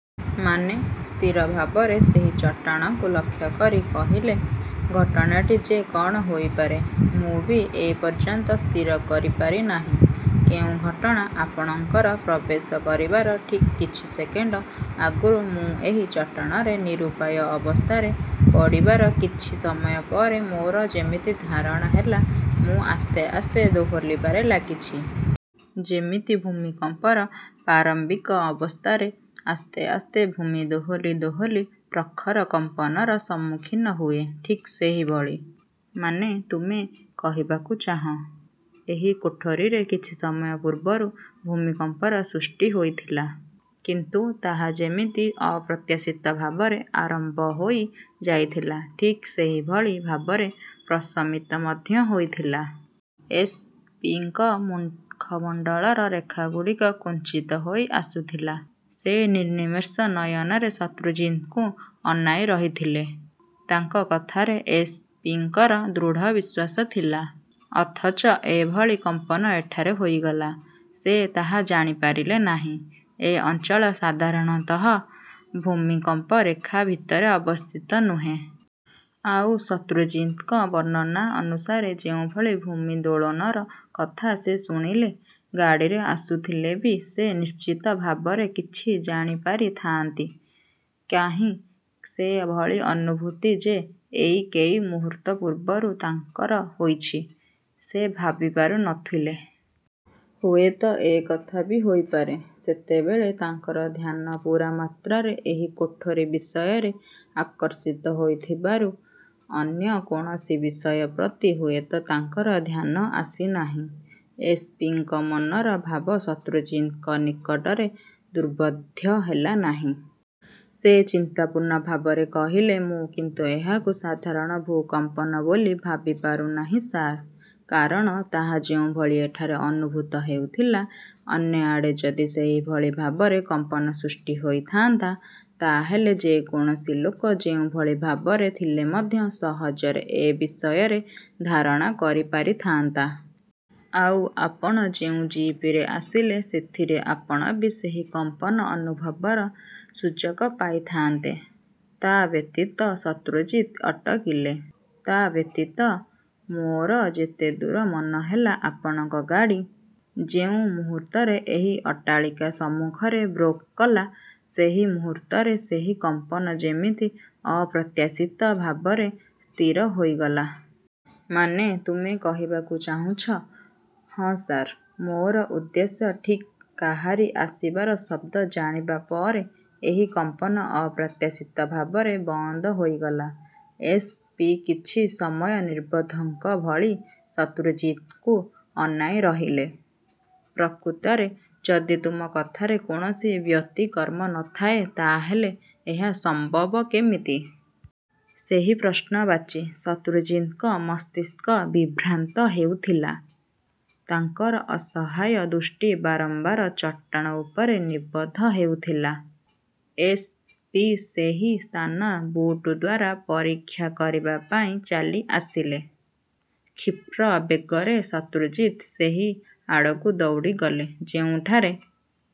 ମାନେ? ସ୍ଥିର ଭାବରେ ସେହି ଚଟାଣକୁ ଲକ୍ଷ୍ୟ କରି କହିଲେ-ଘଟଣାଟି ଯେ କଣ ହୋଇପାରେ, ମୁଁ ବି ଏ ପର୍ଯ୍ୟନ୍ତ ସ୍ଥିର କରି ପାରି ନାହିଁ। କେଉଁ ଘଟଣା? ଆପଣଙ୍କର ପ୍ରବେଶ କରିବାର ଠିକ୍ କିଛି ସେକେଣ୍ଡ ଆଗରୁ ମୁଁ ଏହି ଚଟାଣରେ ନିରୁପାୟ ଅବସ୍ଥାରେ ପଡ଼ିବାର କିଛି ସମୟ ପରେ ମୋର ଯେମିତି ଧାରଣା ହେଲା, ମୁଁ ଆସ୍ତେ ଆସ୍ତେ ଦୋହଲିବାରେ ଲାଗିଛି। ଯେମିତି ଭୂମିକମ୍ପର ପ୍ରାରମ୍ବିକ ଅବସ୍ଥାରେ ଆସ୍ତେ ଆସ୍ତେ ଭୂମି ଦୋହଲି ଦୋହଲି ପ୍ରଖର କମ୍ପନର ସମ୍ମୁଖୀନ ହୁଏ, ଠିକ୍ ସେହିଭଳି। ମାନେ ତୁମେ କହିବାକୁ ଚାହଁ, ଏହି କୋଠରିରେ କିଛି ସମୟ ପୂର୍ବରୁ ଭୂମିକମ୍ପର ସୃଷ୍ଟି ହୋଇଥିଲା? କିନ୍ତୁ ତାହା ଯେମିତି ଅପ୍ରତ୍ୟାଶିତ ଭାବରେ ଆରମ୍ବ ହୋଇ ଯାଇଥିଲା, ଠିକ୍ ସେହିଭଳି ଭାବରେ ପ୍ରଶମିତ ମଧ୍ୟ ହୋଇଥିଲା। ଏସ୍. ପି. ଙ୍କ ମୁଖମଣ୍ଡଳର ରେଖାଗୁଡ଼ିକ କୁଞ୍ଚିତ ହୋଇ ଆସୁଥିଲା। ସେ ନିର୍ନିମେଷ ନୟନରେ ଶତ୍ରୁଜିତଙ୍କୁ ଅନାଇ ରହିଥିଲେ। ତାଙ୍କ କଥାରେ ଏସ୍. ପି. ଙ୍କର ଦୃଢ଼ବିଶ୍ୱାସ ଥିଲା; ଅଥଚ ଏ ଭଳି କମ୍ପନ ଏଠାରେ ହୋଇଗଲା, ସେ ତାହା ଜାଣିପାରିଲେ ନାହିଁ। ଏ ଅଞ୍ଚଳ ସାଧାରଣତଃ ଭୂମିକମ୍ପ ରେଖା ଭିତରେ ଅବସ୍ଥିତ ନୁହେଁ। ଆଉ ଶତ୍ରୁଜିତଙ୍କ ବର୍ଣ୍ଣନା ଅନୁସାରେ ଯେଉଁଭଳି ଭୂମି ଦୋଳନର କଥା ସେ ଶୁଣିଲେ, ଗାଡ଼ିରେ ଆସୁଥିଲେ ବି ସେ ନିଶ୍ଚିତ ଭାବରେ କିଛି ଜାଣିପାରି ଥାଆନ୍ତି। କାହିଁ, ସେ ଭଳି ଅନୁଭୂତି ଯେ ଏହି କେଇ ମୁହୂର୍ତ୍ତ ପୂର୍ବରୁ ତାଙ୍କର ହୋଇଛି-ସେ ଭାବିପାରୁ ନ ଥିଲେ। ହୁଏ ତ ଏ କଥା ବି ହୋଇପାରେ, ସେତେବେଳେ ତାଙ୍କର ଧ୍ୟାନ ପୂରା ମାତ୍ରାରେ ଏହି କୋଠରି ବିଷୟରେ ଆକର୍ଷିତ ହୋଇଥିବାରୁ ଅନ୍ୟ କୌଣସି ବିଷୟ ପ୍ରତି ହୁଏତ ତାଙ୍କର ଧ୍ୟାନ ଆସି ନାହିଁ। ଏସ୍. ପି. ଙ୍କ ମନର ଭାବ ଶତ୍ରୁଜିତଙ୍କ ନିକଟରେ ଦୁର୍ବୋଧ୍ୟ ହେଲା ନାହିଁ। ସେ ଚିନ୍ତାପୂର୍ଣ୍ଣ ଭାବରେ କହିଲେ-ମୁଁ କିନ୍ତୁ ଏହାକୁ ସାଧାରଣ ଭୂକମ୍ପନ ବୋଲି ଭାବିପାରୁ ନାହିଁ ସାର୍। କାରଣ ତାହା ଯେଉଁଭଳି ଏଠାରେ ଅନୁଭୂତ ହେଉଥିଲା, ଅନ୍ୟ ଆଡ଼େ ଯଦି ସେହିଭଳି ଭାବରେ କମ୍ପନ ସୃଷ୍ଟି ହୋଇଥାଆନ୍ତା, ତା ହେଲେ ଯେ କୌଣସି ଲୋକ ଯେଉଁଭଳି ଭାବରେ ଥିଲେ ମଧ୍ୟ ସହଜରେ ଏ ବିଷୟରେ ଧାରଣା କରି ପାରିଥାଆନ୍ତା। ଆଉ ଆପଣ ଯେଉଁ ଜିପରେ ଆସିଲେ, ସେଥିରେ ଆପଣ ବି ସେହି କମ୍ପନ ଅନୁଭବର ସୁଯୋଗ ପାଇଥାଆନ୍ତେ। ତା ବ୍ୟତୀତ.. ଶତ୍ରୁଜିତ ଅଟକିଲେ। ତା ବ୍ୟତୀତ ମୋର ଯେତେଦୂର ମନେହେଲା, ଆପଣଙ୍କ ଗାଡ଼ି। ଯେଉଁ ମୁହୂର୍ତ୍ତରେ ଏହି ଅଟ୍ଟାଳିକା ସମ୍ମୁଖରେ ବ୍ରୋକ୍ କଲା, ସେହି ମୁହୂର୍ତ୍ତରେ ସେହି କମ୍ପନ ଯେମିତି ଅପ୍ରତ୍ୟାଶିତ ଭାବରେ ସ୍ଥିର ହୋଇଗଲା। ମାନେ, ତୁମେ କହିବାକୁ ଚାହୁଁଛ ହଁ, ସାର; ମୋର ଉଦ୍ଦେଶ୍ୟ ଠିକ୍ କାହାରି ଆସିବାର ଶବ୍ଦ ଜାଣିବା ପରେ ପରେ ଏହି କମ୍ପନ ଅପ୍ରତ୍ୟାଶିତ ଭାବରେ ବନ୍ଦ ହୋଇଗଲା। ଏସ୍. ପି. କିଛି ସମୟ ନିର୍ବୋଧଙ୍କ ଭଳି ଶତ୍ରୁଜିତଙ୍କୁ ଅନେଇ ରହିଲେ। ପ୍ରକୃତରେ ଯଦି ତୁମ କଥାରେ କୌଣସି ବ୍ୟତିକ୍ରମ ନ ଥାଏ, ତା ହେଲେ ଏହା ସମ୍ବବ କେମିତି? ସେହି ପ୍ରଶ୍ନବାଚୀ ଶତ୍ରୁଜିତଙ୍କ ମସ୍ତିଷ୍କ ବିଭ୍ରାନ୍ତ ହେଉଥିଲା। ତାଙ୍କର ଅସହାୟ ଦୃଷ୍ଟି ବାରମ୍ବାର ଚଟାଣ ଉପରେ ନିବଦ୍ଧ ହେଉଥିଲା। ଏସ୍. ପି. ସେହି ସ୍ଥାନ ବୁଟ୍ ଦ୍ୱାରା ପରୀକ୍ଷା କରିବା ପାଇଁ ଚାଲି ଆସିଲେ। କ୍ଷିପ୍ର ବେଗରେ ଶତ୍ରୁଜିତ ସେହି ଆଡ଼କୁ ଦୌଡ଼ିଗଲେ ଯେଉଁଠାରେ